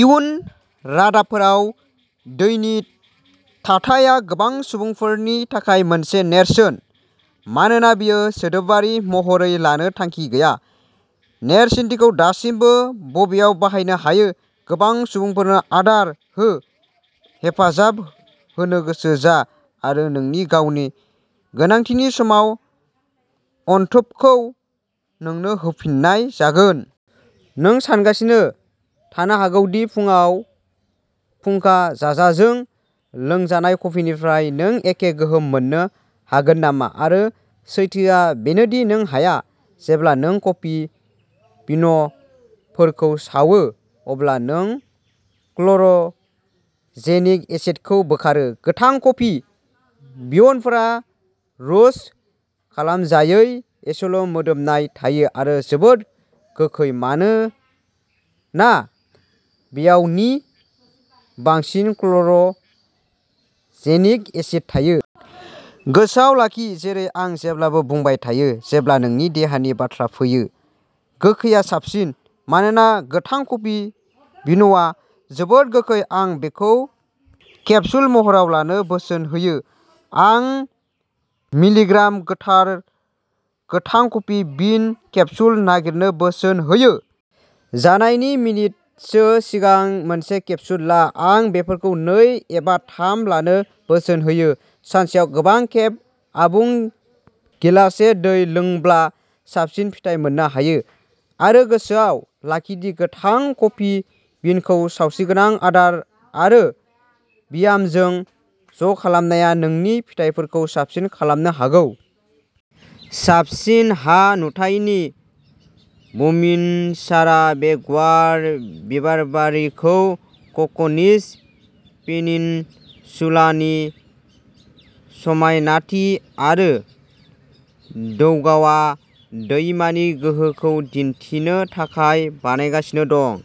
इयुन रादाबफोराव, दैनि थाथाया गोबां सुबुंफोरनि थाखाय मोनसे नेरसोन। मानोना बेखौ सोदोबारि महरै लानो थांखि गैया, नेरसोनथिखौ दासिमबो बेयाव बाहायनो हायोः गोबां सुबुंफोरनो आदार हो-हेफाजाब होनो गोसो जा आरो नोंनि गावनि गोनांथिनि समाव, अनथोबखौ नोंनो होफिननाय जागोन। नों सानगासिनो थानो हागौ दि फुंआव फुंखाजाजों लोंजानाय कफिनिफ्राय नों एखे गोहोम मोननो हागोन नामा-आरो सैथोआ बेनो दि नों हाया। जेब्ला नों कफि बिनफोरखौ सावो, अब्ला नों क्ल'र'जेनिक एसिडखौ बोखारो। गोथां कफि बिनफोरा रोस्ट खालामजायै, एसेल'मोदोमनाय थायो आरो जोबोद गोखै-मानोना बेयाव नि बांसिन क्ल'र'जेनिक एसिड थायो। गोसोआव लाखि, जेरै आं जेब्लाबो बुंबाय थायो, जेब्ला नोंनि देहानि बाथ्रा फैयो, "गोखैआ साबसिन"। मानोना गोथां कफि बिनआ जोबोद गोखै, आं बेखौ केप्सुल महराव लानो बोसोन होयो। आं मिलिग्राम गोथार गोथां कफि बिन केप्सुल नागिरनो बोसोन होयो। जानायनि मिनिटसो सिगां मोनसे केप्सुल ला; आं बेफोरखौ नै एबा थाम लानो बोसोन होयो। सानसेयाव गोबां खेब आबुं गिलाससे दै लोंब्ला साबसिन फिथाय मोननो हायो। आरो गोसोआव लाखि दि गोथां कफि बिनखौ सावस्रिगोनां आदार आरो ब्यामजों ज'खालामनाया नोंनि फिथाइफोरखौ साबसिन खालामनो हागौ! साबसिन हा-नुथायनि बुमिनसारआ बे गुवार बिबारबारिखौ क'कनिज पेनिनसुलानि समायनाथि आरो दौगावा दैमानि गोहोखौ दिन्थिनो थाखाय बानायगासिनो दं।